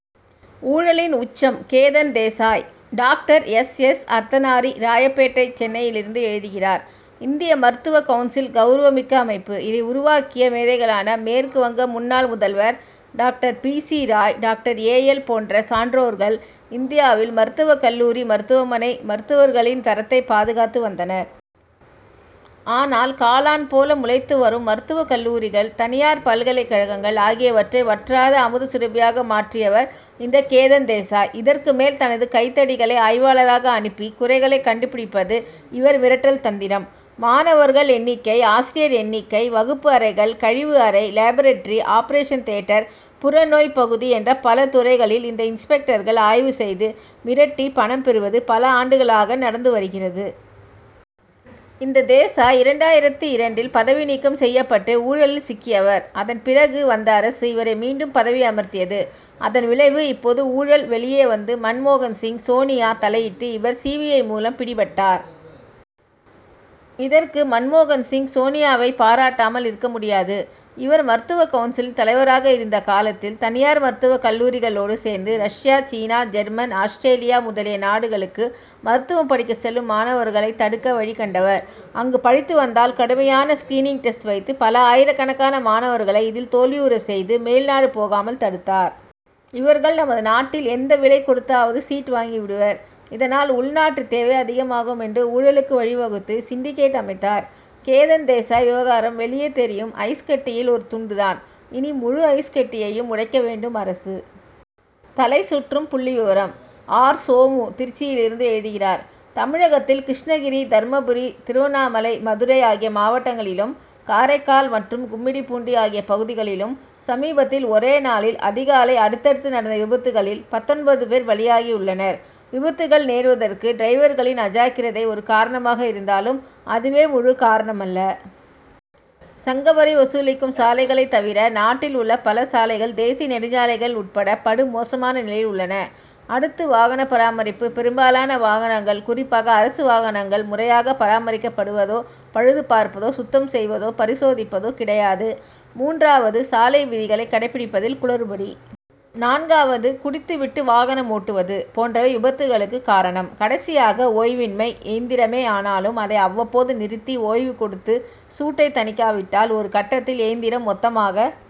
ஊழலின் உச்சம் Ketan Desai! Doctor S. S. Arthanari Royapettah சென்னையிலிருந்து எழுதுகிறார் இந்திய மருத்துவ கவுன்சில் கவுரவமிக்க அமைப்பு. இதை உருவாக்கிய மேதைகளான மேற்கு வங்க முன்னாள் முதல்வர் doctor B. C. Roy doctor A. L. போன்ற சான்றோர்கள் இந்தியாவில் மருத்துவக் கல்லூரி மருத்துவமனை மருத்துவர்களின் தரத்தைப் பாதுகாத்து வந்தனர். ஆனால் காளான் போல முளைத்து வரும் மருத்துவக் கல்லூரிகள் தனியார் பல்கலைக்கழகங்கள் ஆகியவற்றை வற்றாத அமுத சுரபியாக மாற்றியவர் இந்த கேதன் தேசாய். இதற்கு மேல் தனது கைத்தடிகளை ஆய்வாளராக அனுப்பி குறைகளை கண்டுபிடிப்பது இவர் மிரட்டல் தந்திரம். மாணவர்கள் எண்ணிக்கை ஆசிரியர் எண்ணிக்கை வகுப்பு அறைகள் கழிவு அறை லேபரட்டரி ஆபரேஷன் தியேட்டர் புறநோய்ப்பகுதி என்று பல துறைகளில் இந்த இன்ஸ்பெக்டர்கள் ஆய்வு செய்து மிரட்டி பணம் பெறுவது பல ஆண்டுகளாக நடந்து வருகிறது. இந்த தேசாய் இரண்டாயிரத்து இரண்டில் பதவி நீக்கம் செய்யப்பட்டு ஊழலில் சிக்கியவர். அதன் பிறகு வந்த அரசு இவரை மீண்டும் பதவி அமர்த்தியது. அதன் விளைவு இப்போது ஊழல் வெளியே வந்து மன்மோகன் சிங் சோனியா தலையிட்டு இவர் சி. பி. ஐ. மூலம் பிடிபட்டார். இதற்கு மன்மோகன் சிங் சோனியாவைப் பாராட்டாமல் இருக்க முடியாது. இவர் மருத்துவ கவுன்சிலில் தலைவராக இருந்த காலத்தில் தனியார் மருத்துவக் கல்லூரிகளோடு சேர்ந்து ரஷ்யா சீனா ஜெர்மன் ஆஸ்திரேலியா முதலிய நாடுகளுக்கு மருத்துவம் படிக்க செல்லும் மாணவர்களை தடுக்க வழிகண்டவர். அங்கு படித்து வந்தால் கடுமையான ஸ்கிரீனிங் டெஸ்ட் வைத்து பல ஆயிரக்கணக்கான மாணவர்களை இதில் தோல்வியுறச் செய்து மேல் நாடு போகாமல் தடுத்தார். இவர்கள் நமது நாட்டில் எந்த விலை கொடுத்தாவது சீட் வாங்கிடுவர். இதனால் உள்நாட்டு தேவை அதிகமாகும் என்று ஊழலுக்கு வழிவகுத்து சிண்டிகேட் அமைத்தார். கேதன் தேசாய் விவகாரம் வெளியே தெரியும் ஐஸ் கட்டியில் ஒரு துண்டு தான். இனி முழு ஐஸ்கட்டியையும் உடைக்க வேண்டும் அரசு. தலைசுற்றும் புள்ளிவிவரம்! ஆர். சோமு திருச்சியிலிருந்து எழுதுகிறார் தமிழகத்தில் கிருஷ்ணகிரி தர்மபுரி திருவண்ணாமலை மதுரை ஆகிய மாவட்டங்களிலும் காரைக்கால் மற்றும் கும்மிடிபூண்டி ஆகிய பகுதிகளிலும் சமீபத்தில் ஒரே நாளில் அதிகாலை அடுத்தடுத்து நடந்த விபத்துகளில் பத்தொன்பது பேர் பலியாகி உள்ளனர். விபத்துகள் நேர்வதற்கு டிரைவர்களின் அஜாக்கிரதை ஒரு காரணமாக இருந்தாலும் அதுவே முழு காரணமல்ல. சுங்கவரி வசூலிக்கும் சாலைகளைத் தவிர நாட்டில் உள்ள பல சாலைகள் தேசிய நெடுஞ்சாலைகள் உட்பட படு மோசமான நிலையில் உள்ளன. அடுத்து வாகன பராமரிப்பு பெரும்பாலான வாகனங்கள் குறிப்பாக அரசு வாகனங்கள் முறையாக பராமரிக்கப்படுவதோ பழுதுபார்ப்பதோ சுத்தம் செய்வதோ பரிசோதிப்பதோ கிடையாது. மூன்றாவது சாலை விதிகளை கடைப்பிடிப்பதில் குளறுபடி. நான்காவது குடித்து விட்டு வாகனம் ஓட்டுவது போன்றவை விபத்துகளுக்கு காரணம். கடைசியாக ஓய்வின்மை இயந்திரமே ஆனாலும் அதை அவ்வப்போது நிறுத்தி ஓய்வு கொடுத்து சூட்டைத் தணிக்காவிட்டால் ஒரு கட்டத்தில் இயந்திரம் மொத்தமாக